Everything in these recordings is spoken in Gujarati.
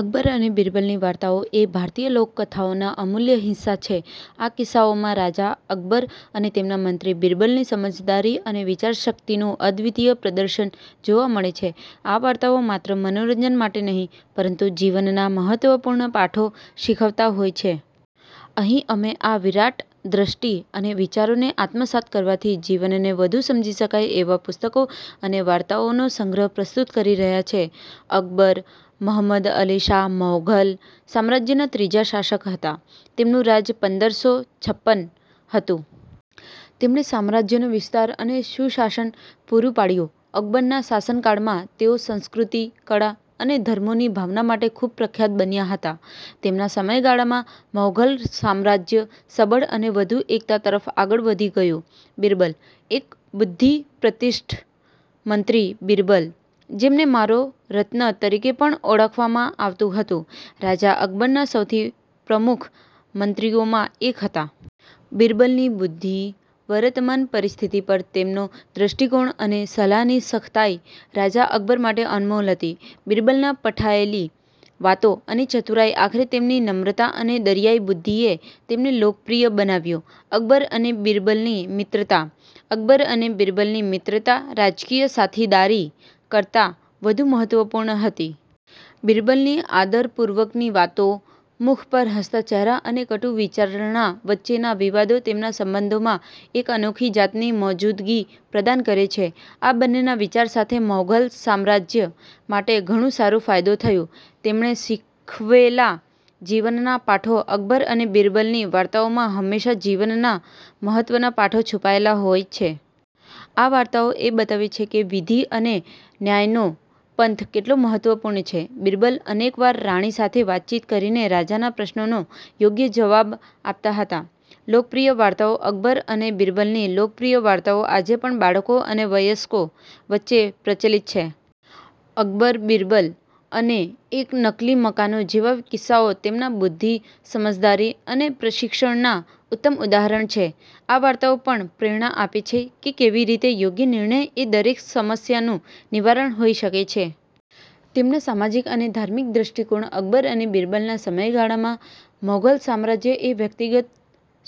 અકબર અને બીરબલની વાર્તાઓ એ ભારતીય લોકકથાઓના અમૂલ્ય હિસ્સા છે. આ કિસ્સાઓમાં રાજા અકબર અને તેમના મંત્રી બીરબલની સમજદારી અને વિચારશક્તિનું અદ્વિતીય પ્રદર્શન જોવા મળે છે. આ વાર્તાઓ માત્ર મનોરંજન માટે નહિ, પરંતુ જીવનના મહત્વપૂર્ણ પાઠો શીખવતા હોય છે. અહીં અમે આ વિરાટ દ્રષ્ટિ અને વિચારોને આત્મસાત કરવાથી જીવનને વધુ સમજી શકાય એવા પુસ્તકો અને વાર્તાઓનો સંગ્રહ પ્રસ્તુત કરી રહ્યા છે. અકબર, મહમદ અલીશાહ મૌધલ, સામ્રાજ્યના ત્રીજા શાસક હતા. તેમનું રાજ પંદર સો છપ્પન હતું। તેમણે સામ્રાજ્યનો વિસ્તાર અને સુશાસન પૂરું પાડ્યું. અકબરના શાસનકાળમાં તેઓ સંસ્કૃતિ, કળા અને ધર્મોની ભાવના માટે ખુબ પ્રખ્યાત બન્યા હતા. તેમના સમયગાળામાં મૌઘલ સામ્રાજ્ય સબળ અને વધુ એકતા તરફ આગળ વધી ગયું. બીરબલ: એક બુદ્ધિપ્રતિષ્ઠ મંત્રી બીરબલ, જેમને મારો રત્ન તરીકે પણ ઓળખવામાં આવતું હતું, રાજા અકબરના સૌથી પ્રમુખ મંત્રીઓમાં એક હતા. બીરબલની બુદ્ધિ, વરતમાન પરિસ્થિતિ પર તેમનો દ્રષ્ટિકોણ અને સલાહની સખતાઈ રાજા અકબર માટે અનમોલ હતી. બીરબલના પઠાયેલી વાતો અને ચતુરાઈ આખરે તેમની નમ્રતા અને દરિયાઈ બુદ્ધિએ તેમને લોકપ્રિય બનાવ્યું. અકબર અને બીરબલની મિત્રતા અકબર અને બીરબલની મિત્રતા રાજકીય સાથીદારી કરતા વધુ મહત્વપૂર્ણ હતી. બીરબલની આદરપૂર્વકની વાતો, મુખ પર હસતા ચહેરા અને કટુ વિચારણા વચ્ચેના વિવાદો તેમના સંબંધોમાં એક અનોખી જાતની મૌજૂદગી પ્રદાન કરે છે. આ બંનેના વિચાર સાથે મૌઘલ સામ્રાજ્ય માટે ઘણું સારું ફાયદો થયું. તેમણે શીખવેલા જીવનના પાઠો અકબર અને બીરબલની વાર્તાઓમાં હંમેશા જીવનના મહત્વના પાઠો છુપાયેલા હોય છે. આ વાર્તાઓ એ બતાવે છે કે વિધિ અને ન્યાયનો પંથ કેટલો મહત્વપૂર્ણ છે. બીરબલ અનેક વાર રાણી સાથે વાતચીત કરીને રાજાના પ્રશ્નોનો યોગ્ય જવાબ આપતા હતા. લોકપ્રિય વાર્તાઓ અકબર અને બીરબલની લોકપ્રિય વાર્તાઓ આજે પણ બાળકો અને વયસ્કો વચ્ચે પ્રચલિત છે. અકબર-બીરબલ અને એક નકલી મકાનો જેવા કિસ્સાઓ તેમના બુદ્ધિ, સમજદારી અને પ્રશિક્ષણના ઉત્તમ ઉદાહરણ છે. આ વાર્તાઓ પણ પ્રેરણા આપે છે કે કેવી રીતે યોગ્ય નિર્ણય એ દરેક સમસ્યાનું નિવારણ હોઈ શકે છે. તેમના સામાજિક અને ધાર્મિક દૃષ્ટિકોણ અકબર અને બીરબલના સમયગાળામાં, મૌઘલ સામ્રાજ્ય એ વ્યક્તિગત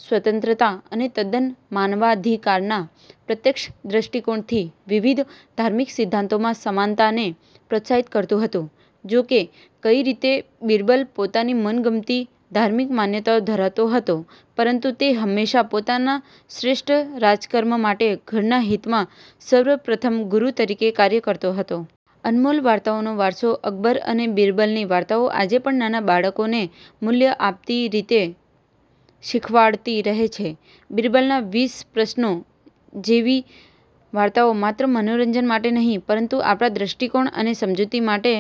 સ્વતંત્રતા અને તદ્દન માનવાધિકારના પ્રત્યક્ષ દ્રષ્ટિકોણથી વિવિધ ધાર્મિક સિદ્ધાંતોમાં સમાનતાને પ્રોત્સાહિત કરતું હતું. જો કે, કઈ રીતે બીરબલ પોતાની મનગમતી ધાર્મિક માન્યતાઓ ધરાવતો હતો, પરંતુ તે હંમેશા પોતાના શ્રેષ્ઠ રાજકર્મ માટે ઘરના હિતમાં સર્વપ્રથમ ગુરુ તરીકે કાર્ય કરતો હતો. અનમોલ વાર્તાઓનો વારસો અકબર અને બીરબલની વાર્તાઓ આજે પણ નાનાં નાનાં બાળકોને મૂલ્ય આપતી રીતે શીખવાડતી રહે છે. "બીરબલના વીસ પ્રશ્નો" જેવી વાર્તાઓ માત્ર મનોરંજન માટે નહિ પરંતુ આપણા દૃષ્ટિકોણ અને સમજૂતી માટે